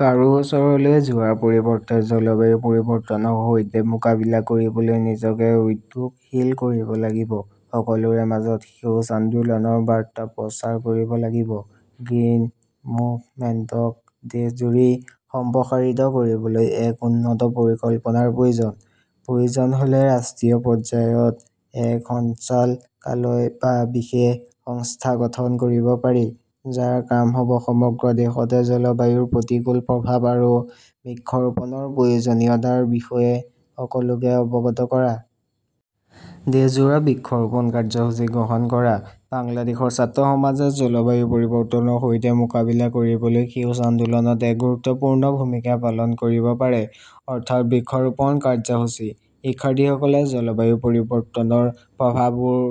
কাৰো ওচৰলৈ যোৱাৰ পৰিৱৰ্তে জলবায়ু পৰিৱৰ্তনৰ সৈতে মোকাবিলা কৰিবলৈ নিজকে উদ্যোগশীল কৰিব লাগিব। সকলোৰে মাজত সেউজ আন্দোলনৰ বাৰ্তা প্ৰচাৰ কৰিব লাগিব। গ্ৰীণ মুভমেণ্টক দেশজুৰি সম্প্ৰসাৰিত কৰিবলৈ এক উন্নত পৰিকল্পনাৰ প্ৰয়োজন। প্ৰয়োজন হ'লে ৰাষ্ট্ৰীয় পৰ্যায়ত এক সঞ্চালকালয় বা বিশেষ সংস্থা গঠন কৰিব পাৰি যাৰ কাম হ'ব সমগ্ৰ দেশতে জলবায়ুৰ প্ৰতিকূল প্ৰভাৱ আৰু বৃক্ষৰোপণৰ প্ৰয়োজনীয়তাৰ বিষয়ে সকলোকে অৱগত কৰা। দেশজোৰা বৃক্ষ ৰোপণ কাৰ্যসূচী গ্ৰহণ কৰা। বাংলাদেশৰ ছাত্ৰ সমাজে জলবায়ু পৰিৱৰ্তনৰ সৈতে মোকাবিলা কৰিবলৈ সেউজ আন্দোলনত এক গুৰুত্বপূৰ্ণ ভূমিকা পালন কৰিব পাৰে, অৰ্থাৎ বৃক্ষৰোপণ কাৰ্যসূচী। শিক্ষাৰ্থীসকলে জলবায়ু পৰিৱৰ্তনৰ প্ৰভাৱবোৰ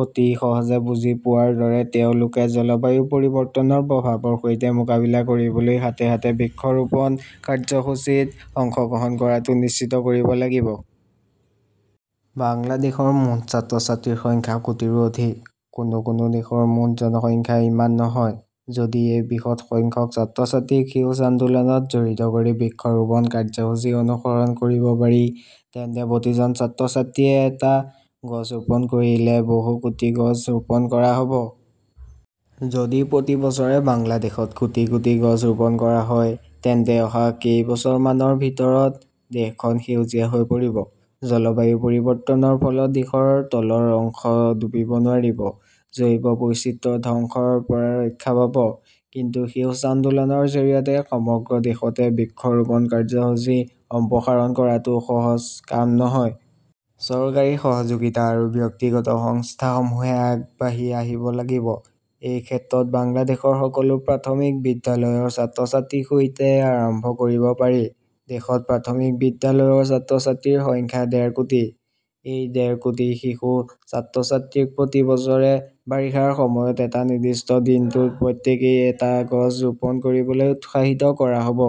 অতি সহজে বুজি পোৱাৰ দৰে তেওঁলোকে জলবায়ু পৰিৱৰ্তনৰ প্ৰভাৱৰ সৈতে মোকাবিলা কৰিবলৈ হাতে হাতে বৃক্ষৰোপণ কাৰ্যসূচীত অংশগ্ৰহণ কৰাটো নিশ্চিত কৰিব লাগিব। বাংলাদেশৰ মুঠ ছাত্ৰ-ছাত্ৰীৰ সংখ্যা কোটিৰো অধিক, কোনো কোনো দেশৰ মুঠ জনসংখ্যা ইমান নহয়, যদি এই বৃহৎ সংখ্যক ছাত্ৰ-ছাত্ৰীক সেউজ আন্দোলনত জড়িত কৰি বৃক্ষৰোপণ কাৰ্যসূচী অনুসৰণ কৰিব পাৰি তেন্তে প্ৰতিজন ছাত্ৰ-ছাত্ৰীয়ে এটা গছ ৰোপণ কৰিলে বহু কোটি গছ ৰোপণ কৰা হ'ব। যদি প্ৰতি বছৰে বাংলাদেশত কোটি কোটি গছ ৰোপণ কৰা হয়, তেন্তে অহা কেইবছৰমানৰ ভিতৰত দেশখন সেউজীয়া হৈ পৰিব। জলবায়ু পৰিৱৰ্তনৰ ফলত দেশৰ তলৰ অংশ ডুবিব নোৱাৰিব। জৈৱ বৈচিত্ৰ্য ধ্বংসৰ পৰা ৰক্ষা পাব। কিন্তু সেউজ আন্দোলনৰ জৰিয়তে সমগ্ৰ দেশতে বৃক্ষৰোপণ কাৰ্যসূচী সম্প্ৰসাৰণ কৰাটো সহজ কাম নহয়। চৰকাৰী সহযোগিতা আৰু ব্যক্তিগত সংস্থাসমূহে আগবাঢ়ি আহিব লাগিব। এই ক্ষেত্ৰত বাংলাদেশৰ সকলো প্ৰাথমিক বিদ্যালয়ৰ ছাত্ৰ-ছাত্ৰীৰ সৈতে আৰম্ভ কৰিব পাৰি। দেশত প্ৰাথমিক বিদ্যালয়ৰ ছাত্ৰ-ছাত্ৰীৰ সংখ্যা ডেৰ কোটি। এই ডেৰ কোটি শিশু ছাত্ৰ-ছাত্ৰীক প্ৰতি বছৰে বাৰিষাৰ সময়ত এটা নিৰ্দিষ্ট দিনটোত প্ৰত্যেকেই এটা গছ ৰোপণ কৰিবলৈ উৎসাহিত কৰা হ'ব।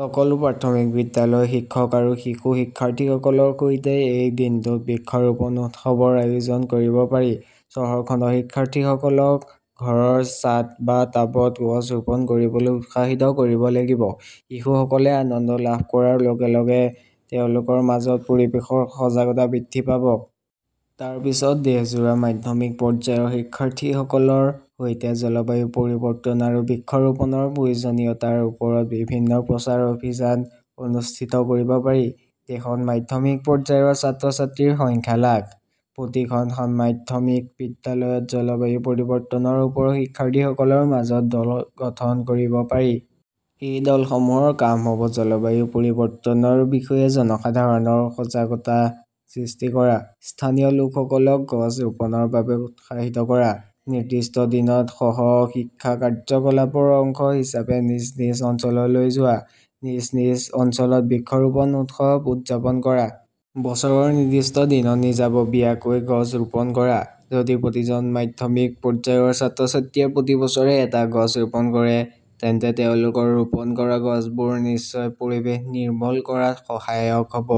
সকলো প্ৰাথমিক বিদ্যালয়ৰ শিক্ষক আৰু শিশু শিক্ষাৰ্থীসকলৰ সৈতে এই দিনটোত বৃক্ষৰোপণ উৎসৱৰ আয়োজন কৰিব পাৰি। চহৰখনৰ শিক্ষাৰ্থীসকলক ঘৰৰ ছাদ বা টাবত গছ ৰোপণ কৰিবলৈ উৎসাহিত কৰিব লাগিব। শিশুসকলে আনন্দ লাভ কৰাৰ লগে লগে তেওঁলোকৰ মাজত পৰিৱেশৰ সজাগতা বৃদ্ধি পাব। তাৰ পিছত দেশজোৰা মাধ্যমিক পৰ্যায়ৰ শিক্ষাৰ্থীসকলৰ সৈতে জলবায়ু পৰিৱৰ্তন আৰু বৃক্ষৰোপণৰ প্ৰয়োজনীয়তাৰ ওপৰত বিভিন্ন প্ৰচাৰ অভিযান অনুষ্ঠিত কৰিব পাৰি। দেশত মাধ্যমিক পৰ্যায়ৰ ছাত্ৰ-ছাত্ৰীৰ সংখ্যা লাখ। প্ৰতিখন মাধ্যমিক বিদ্যালয়ত জলবায়ু পৰিৱৰ্তনৰ ওপৰত শিক্ষাৰ্থীসকলৰ মাজত দল গঠন কৰিব পাৰি। এই দলসমূহৰ কাম হ'ব জলবায়ু পৰিৱৰ্তনৰ বিষয়ে জনসাধাৰণৰ সজাগতা সৃষ্টি কৰা, স্থানীয় লোকসকলক গছ ৰোপণৰ বাবে উৎসাহিত কৰা, নিৰ্দিষ্ট দিনত সহ-শিক্ষা কাৰ্যকলাপৰ অংশ হিচাপে নিজ নিজ অঞ্চললৈ যোৱা। নিজ নিজ অঞ্চলত বৃক্ষৰোপণ উৎসৱ উদযাপন কৰা। বছৰৰ নিৰ্দিষ্ট দিনত নিজাববীয়াকৈ গছ ৰোপণ কৰা। যদি প্ৰতিজন মাধ্যমিক পৰ্যায়ৰ ছাত্ৰ-ছাত্ৰীয়ে প্ৰতি বছৰে এটা গছ ৰোপণ কৰে, তেন্তে তেওঁলোকৰ ৰোপণ কৰা গছবোৰ নিশ্চয় পৰিবেশ নিৰ্মল কৰাত সহায়ক হ'ব।